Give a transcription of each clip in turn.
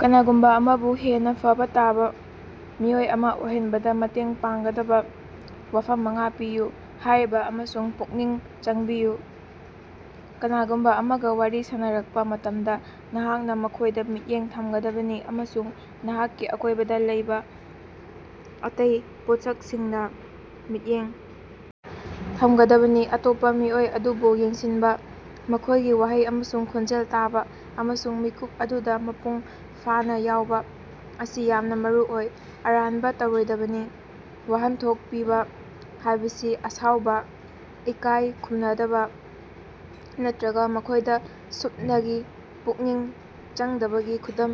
ꯀꯅꯥꯒꯨꯝꯕ ꯑꯃꯕꯨ ꯍꯦꯟꯅ ꯐꯕ ꯇꯥꯕ ꯃꯤꯑꯣꯏ ꯑꯃ ꯑꯣꯏꯍꯟꯕꯗ ꯃꯇꯦꯡ ꯄꯥꯡꯒꯗꯕ ꯋꯥꯐꯝ ꯃꯉꯥ ꯄꯤꯌꯨ꯫ ꯍꯥꯏꯔꯤꯕ ꯑꯃꯁꯨꯡ ꯄꯨꯛꯅꯤꯡ ꯆꯪꯕꯤꯌꯨ: ꯀꯅꯥꯒꯨꯝꯕ ꯑꯃꯒ ꯋꯥꯔꯤ ꯁꯥꯅꯔꯛꯄ ꯃꯇꯝꯗ, ꯅꯍꯥꯛꯅ ꯃꯈꯣꯏꯗ ꯃꯤꯠꯌꯦꯡ ꯊꯝꯒꯗꯕꯅꯤ ꯑꯃꯁꯨꯡ ꯅꯍꯥꯛꯀꯤ ꯑꯀꯣꯏꯕꯗ ꯂꯩꯕ ꯑꯇꯩ ꯄꯣꯠꯁꯛꯁꯤꯡꯅ ꯃꯤꯠꯌꯦꯡ ꯊꯝꯒꯗꯕꯅꯤ꯫ ꯑꯇꯣꯞꯄ ꯃꯤꯑꯣꯏ ꯑꯗꯨꯕꯨ ꯌꯦꯡꯁꯤꯟꯕ, ꯃꯈꯣꯏꯒꯤ ꯋꯥꯍꯩ ꯑꯃꯁꯨꯡ ꯈꯣꯟꯖꯦꯜ ꯇꯥꯕ, ꯑꯃꯁꯨꯡ ꯃꯤꯀꯨꯞ ꯑꯗꯨꯗ ꯃꯄꯨꯡ ꯐꯥꯅ ꯌꯥꯎꯕ ꯑꯁꯤ ꯌꯥꯝꯅ ꯃꯔꯨꯑꯣꯏ꯫ ꯑꯔꯥꯟꯕ ꯇꯧꯔꯣꯏꯗꯕꯅꯤ: ꯋꯥꯍꯟꯊꯣꯛ ꯄꯤꯕ ꯍꯥꯏꯕꯁꯤ ꯑꯁꯥꯎꯕ, ꯏꯀꯥꯏ ꯈꯨꯝꯅꯗꯕ ꯅꯠꯇꯔꯒ ꯃꯈꯣꯏꯗ ꯁꯨꯞꯅꯒꯤ ꯄꯨꯛꯅꯤꯡ ꯆꯪꯗꯕꯒꯤ ꯈꯨꯗꯝ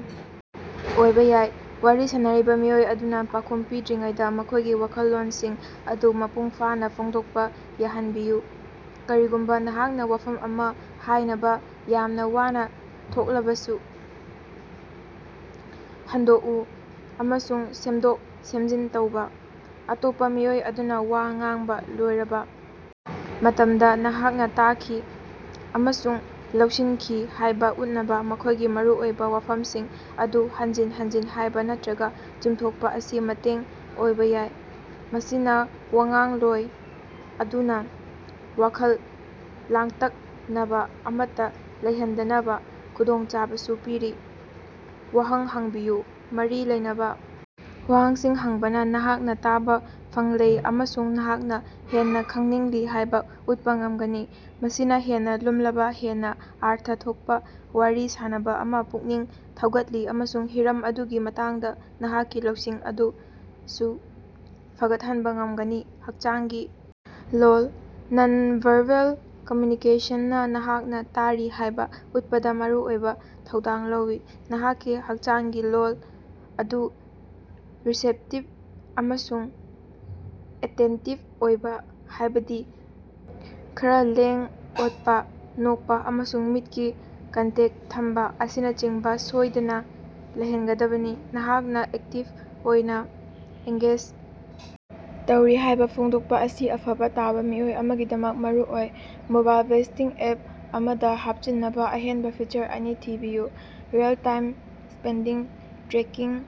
ꯑꯣꯏꯕ ꯌꯥꯏ꯫ ꯋꯥꯔꯤ ꯁꯥꯟꯅꯔꯤꯕ ꯃꯤꯑꯣꯏ ꯑꯗꯨꯅ ꯄꯥꯎꯈꯨꯝ ꯄꯤꯗ꯭ꯔꯤꯉꯩꯗ ꯃꯈꯣꯏꯒꯤ ꯋꯥꯈꯜꯂꯣꯟꯁꯤꯡ ꯑꯗꯨ ꯃꯄꯨꯡ ꯐꯥꯅ ꯐꯣꯡꯗꯣꯛꯄ ꯌꯥꯍꯟꯕꯤꯌꯨ, ꯀꯔꯤꯒꯨꯝꯕ ꯅꯍꯥꯛꯅ ꯋꯥꯐꯝ ꯑꯃ ꯍꯥꯏꯅꯕ ꯌꯥꯝꯅ ꯋꯥꯅ ꯊꯣꯛꯂꯕꯁꯨ꯫ ꯍꯟꯗꯣꯛꯎ ꯑꯃꯁꯨꯡ ꯁꯦꯝꯗꯣꯛ-ꯁꯦꯝꯖꯤꯟ ꯇꯧꯕꯥ: ꯑꯇꯣꯞꯄ ꯃꯤꯑꯣꯏ ꯑꯗꯨꯅ ꯋꯥ ꯉꯥꯡꯕ ꯂꯣꯏꯔꯕ ꯃꯇꯝꯗ, ꯅꯍꯥꯛꯅ ꯇꯥꯈꯤ ꯑꯃꯁꯨꯡ ꯂꯧꯁꯤꯟꯈꯤ ꯍꯥꯏꯕ ꯎꯠꯅꯕ ꯃꯈꯣꯏꯒꯤ ꯃꯔꯨꯑꯣꯏꯕ ꯋꯥꯐꯝꯁꯤꯡ ꯑꯗꯨ ꯍꯟꯖꯤꯟ ꯍꯟꯖꯤꯟ ꯍꯥꯏꯕ ꯅꯠꯇꯔꯒ ꯆꯨꯝꯊꯣꯛꯄ ꯑꯁꯤ ꯃꯇꯦꯡ ꯑꯣꯏꯕ ꯌꯥꯏ꯫ ꯃꯁꯤꯅ ꯋꯥꯉꯥꯡꯂꯣꯏ ꯑꯗꯨꯅ ꯋꯥꯈꯜ ꯂꯥꯡꯇꯛꯅꯕ ꯑꯃꯠꯇ ꯂꯩꯍꯟꯗꯅꯕ ꯈꯨꯗꯣꯡꯆꯥꯕꯁꯨ ꯄꯤꯔꯤ꯫ ꯋꯥꯍꯪ ꯍꯪꯕꯤꯌꯨ: ꯃꯔꯤ ꯂꯩꯅꯕ ꯋꯥꯍꯪꯁꯤꯡ ꯍꯪꯕꯅ ꯅꯍꯥꯛꯅ ꯇꯥꯕ ꯐꯪꯂꯦ ꯑꯃꯁꯨꯡ ꯅꯍꯥꯛꯅ ꯍꯦꯟꯅꯥ ꯈꯪꯅꯤꯡꯂꯤ ꯍꯥꯏꯕ ꯎꯠꯄ ꯉꯝꯒꯅꯤ꯫ ꯃꯁꯤꯅ ꯍꯦꯟꯅ ꯂꯨꯝꯂꯕ, ꯍꯦꯟꯅ ꯑꯔꯊ ꯊꯣꯛꯄ ꯋꯥꯔꯤ ꯁꯥꯅꯕ ꯑꯃꯥ ꯄꯨꯛꯅꯤꯡ ꯊꯧꯒꯠꯂꯤ ꯑꯃꯁꯨꯡ ꯍꯤꯔꯝ ꯑꯗꯨꯒꯤ ꯃꯇꯥꯡꯗ ꯅꯍꯥꯛꯀꯤ ꯂꯧꯁꯤꯡ ꯑꯗꯨꯁꯨ ꯐꯒꯠꯍꯟꯕ ꯉꯝꯒꯅꯤ꯫ ꯍꯛꯆꯥꯡꯒꯤ ꯂꯣꯜ: ꯅꯟ-ꯚꯥꯔꯕꯦꯜ ꯀꯝꯃ꯭ꯌꯨꯅꯤꯀꯦꯁꯟꯅ ꯅꯍꯥꯛꯅ ꯇꯥꯔꯤ ꯍꯥꯏꯕ ꯎꯠꯄꯗ ꯃꯔꯨꯑꯣꯏꯕ ꯊꯧꯗꯥꯡ ꯂꯧꯏ꯫ ꯅꯍꯥꯛꯀꯤ ꯍꯛꯆꯥꯡꯒꯤ ꯂꯣꯜ ꯑꯗꯨ ꯔꯤꯁꯦꯞꯇꯤꯚ ꯑꯃꯁꯨꯡ ꯑꯦꯇꯦꯟꯇꯤꯚ ꯑꯣꯏꯕ, ꯍꯥꯏꯕꯗꯤ ꯈꯔ ꯂꯦꯡ-ꯑꯣꯠꯄ, ꯅꯣꯛꯄ, ꯑꯃꯁꯨꯡ ꯃꯤꯠꯀꯤ ꯀꯟꯇꯦꯛ ꯊꯝꯕ ꯑꯁꯤꯅꯆꯤꯡꯕ ꯁꯣꯏꯗꯅ ꯂꯩꯍꯟꯒꯗꯕꯅꯤ꯫ ꯅꯍꯥꯛꯅ ꯑꯦꯛꯇꯤꯕ ꯑꯣꯏꯅ ꯑꯦꯡꯒꯦꯖ ꯇꯧꯔꯤ ꯍꯥꯏꯕ ꯐꯣꯡꯗꯣꯛꯄ ꯑꯁꯤ ꯑꯐꯕ ꯇꯥꯕ ꯃꯤꯑꯣꯏ ꯑꯃꯒꯤꯗꯃꯛ ꯃꯔꯨꯑꯣꯏ꯫ ꯃꯣꯕꯥꯏꯜ ꯕꯖꯦꯇꯤꯡ ꯑꯦꯞ ꯑꯃꯗ ꯍꯥꯞꯆꯤꯟꯅꯕ ꯑꯍꯦꯟꯕ ꯐꯤꯆꯔ ꯑꯅꯤ ꯊꯤꯕꯤꯌꯨ꯫ Real time spending tracking: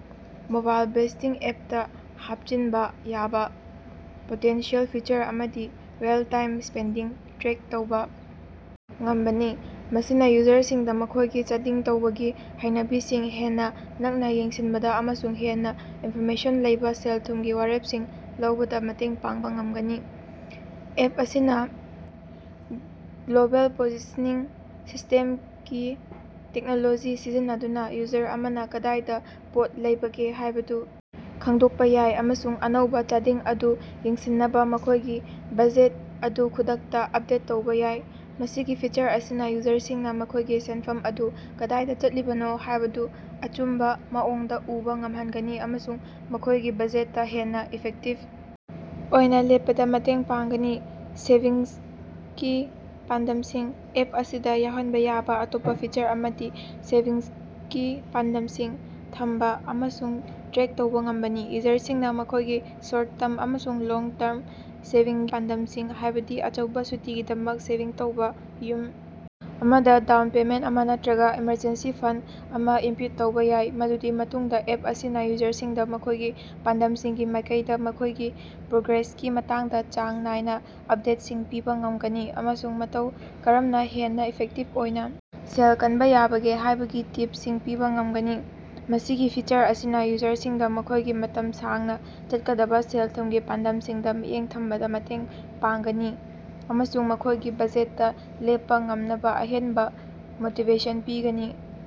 mobile budgeting ꯑꯦꯞꯇ ꯍꯥꯞꯆꯤꯟꯕ ꯌꯥꯕ ꯄꯣꯇꯦꯟꯁꯤꯌꯦꯜ ꯐꯤꯆꯔ ꯑꯃꯗꯤ ꯔꯤꯑꯦꯜ-ꯇꯥꯏꯝ ꯁ꯭ꯄꯦꯟꯗꯤꯡ ꯇ꯭ꯔꯦꯛ ꯇꯧꯕ ꯉꯝꯕꯅꯤ꯫ ꯃꯁꯤꯅ ꯌꯨꯖꯔꯁꯤꯡꯗ ꯃꯈꯣꯏꯒꯤ ꯆꯥꯗꯤꯡ ꯇꯧꯕꯒꯤ ꯍꯩꯅꯕꯤꯁꯤꯡ ꯍꯦꯟꯅ ꯅꯛꯅ ꯌꯦꯡꯁꯤꯟꯕꯗ ꯑꯃꯁꯨꯡ ꯍꯦꯟꯅ ꯏꯟꯐꯣꯔꯃꯦꯁꯟ ꯂꯩꯕ ꯁꯦꯜ-ꯊꯨꯝꯒꯤ ꯋꯥꯔꯦꯞꯁꯤꯡ ꯂꯧꯕꯗ ꯃꯇꯦꯡ ꯄꯥꯡꯕ ꯉꯝꯒꯅꯤ꯫ ꯑꯦꯞ ꯑꯁꯤꯅ ꯒ꯭ꯂ‌ꯣꯕ‌ꯦꯜ ꯄ‌ꯣꯖꯤꯁꯟꯅꯤꯡ ꯁꯤꯁꯇ‌ꯦꯝꯀꯤ ꯇꯦꯛꯅꯣꯂꯣꯖꯤ ꯁꯤꯖꯤꯟꯅꯗꯨꯅ ꯌꯨꯖꯔ ꯑꯃꯅ ꯀꯗꯥꯏꯗ ꯄꯣꯠ ꯂꯩꯕꯒꯦ ꯍꯥꯏꯕꯗꯨ ꯈꯪꯗꯣꯛꯄ ꯌꯥꯏ ꯑꯃꯁꯨꯡ ꯑꯅꯧꯕ ꯆꯥꯗꯤꯡ ꯑꯗꯨ ꯌꯦꯡꯁꯤꯟꯅꯕ ꯃꯈꯣꯏꯒꯤ ꯕꯖꯦꯠ ꯑꯗꯨ ꯈꯨꯗꯛꯇ ꯑꯞꯗꯦꯠ ꯇꯧꯕ ꯌꯥꯏ꯫ ꯃꯁꯤꯒꯤ ꯐꯤꯆꯔ ꯑꯁꯤꯅ ꯌꯨꯖꯔꯁꯤꯡꯅ ꯃꯈꯣꯏꯒꯤ ꯁꯦꯟꯐꯝ ꯑꯗꯨ ꯀꯗꯥꯏꯗ ꯆꯠꯂꯤꯕꯅꯣ ꯍꯥꯏꯕꯗꯨ ꯑꯆꯨꯝꯕ ꯃꯑꯣꯡꯗ ꯎꯕ ꯉꯝꯍꯟꯒꯅꯤ ꯑꯃꯁꯨꯡ ꯃꯈꯣꯏꯒꯤ ꯕꯖꯦꯠꯇ ꯍꯦꯟꯅ ꯏꯐꯦꯛꯇꯤꯕ ꯑꯣꯏꯅ ꯂꯦꯞꯄꯗ ꯃꯇꯦꯡ ꯄꯥꯡꯒꯅꯤ꯫ ꯁꯦꯚꯤꯡꯁꯀꯤ ꯄꯥꯟꯗꯝꯁꯤꯡ: ꯑꯦꯞ ꯑꯁꯤꯗ ꯌꯥꯎꯍꯟꯕ ꯌꯥꯕ ꯑꯇꯣꯞꯄ ꯐꯤꯆꯔ ꯑꯃꯗꯤ ꯁꯦꯚꯤꯡꯁꯀꯤ ꯄꯥꯟꯗꯝꯁꯤꯡ ꯊꯝꯕ ꯑꯃꯁꯨꯡ ꯇ꯭ꯔꯦꯛ ꯇꯧꯕ ꯉꯝꯕꯅꯤ꯫ ꯌꯨꯖꯔꯁꯤꯡꯅ ꯃꯈꯣꯏꯒꯤ ꯁꯣꯔꯠ-ꯇꯔꯝ ꯑꯃꯁꯨꯡ ꯂꯣꯡ-ꯇꯔꯝ ꯁꯦꯚꯤꯡꯒꯤ ꯄꯥꯟꯗꯝꯁꯤꯡ, ꯍꯥꯏꯕꯗꯤ ꯑꯆꯧꯕ ꯁꯨꯇꯤꯒꯤꯗꯃꯛ ꯁꯦꯚꯤꯡ ꯇꯧꯕ, ꯌꯨꯝ ꯑꯃꯗ ꯗꯥꯎꯟ ꯄꯦꯃꯦꯟꯠ ꯑꯃꯥ ꯅꯠꯇꯔꯒ ꯑꯦꯃꯔꯖꯦꯟꯁꯤ ꯐꯟꯗ ꯑꯃ ꯏꯟꯄꯨꯠ ꯇꯧꯕ ꯌꯥꯏ꯫ ꯃꯗꯨꯒꯤ ꯃꯇꯨꯡꯗ ꯑꯦꯞ ꯑꯁꯤꯅ ꯌꯨꯖꯔꯁꯤꯡꯗ ꯃꯈꯣꯏꯒꯤ ꯄꯥꯟꯗꯝꯁꯤꯡꯒꯤ ꯃꯥꯏꯀꯩꯗ ꯃꯈꯣꯏꯒꯤ ꯄ꯭ꯔꯣꯒ꯭ꯔꯦꯁꯀꯤ ꯃꯇꯥꯡꯗ ꯆꯥꯡ ꯅꯥꯏꯅ ꯑꯞꯗꯦꯠꯁꯤꯡ ꯄꯤꯕ ꯉꯝꯒꯅꯤ ꯑꯃꯁꯨꯡ ꯃꯇꯧ ꯀꯔꯝꯅ ꯍꯦꯟꯅ ꯏꯐꯦꯛꯇꯤꯕ ꯑꯣꯏꯅ ꯁꯦꯜ ꯀꯟꯕ ꯌꯥꯕꯒꯦ ꯍꯥꯏꯕꯒꯤ ꯇꯤꯞꯁꯁꯤꯡ ꯄꯤꯕ ꯉꯝꯒꯅꯤ꯫ ꯃꯁꯤꯒꯤ ꯐꯤꯆꯔ ꯑꯁꯤꯅ ꯌꯨꯖꯔꯁꯤꯡꯗ ꯃꯈꯣꯏꯒꯤ ꯃꯇꯝ ꯁꯥꯡꯅ ꯆꯠꯀꯗꯕ ꯁꯦꯜ-ꯊꯨꯝꯒꯤ ꯄꯥꯟꯗꯝꯁꯤꯡꯗ ꯃꯤꯠꯌꯦꯡ ꯊꯝꯕꯗ ꯃꯇꯦꯡ ꯄꯥꯡꯒꯅꯤ ꯑꯃꯁꯨꯡ ꯃꯈꯣꯏꯒꯤ ꯕꯖꯦꯠꯇ ꯂꯦꯞꯄ ꯉꯝꯅꯕ ꯑꯍꯦꯟꯕ ꯃꯣꯇꯤꯕꯦꯁꯟ ꯄꯤꯒꯅꯤ꯫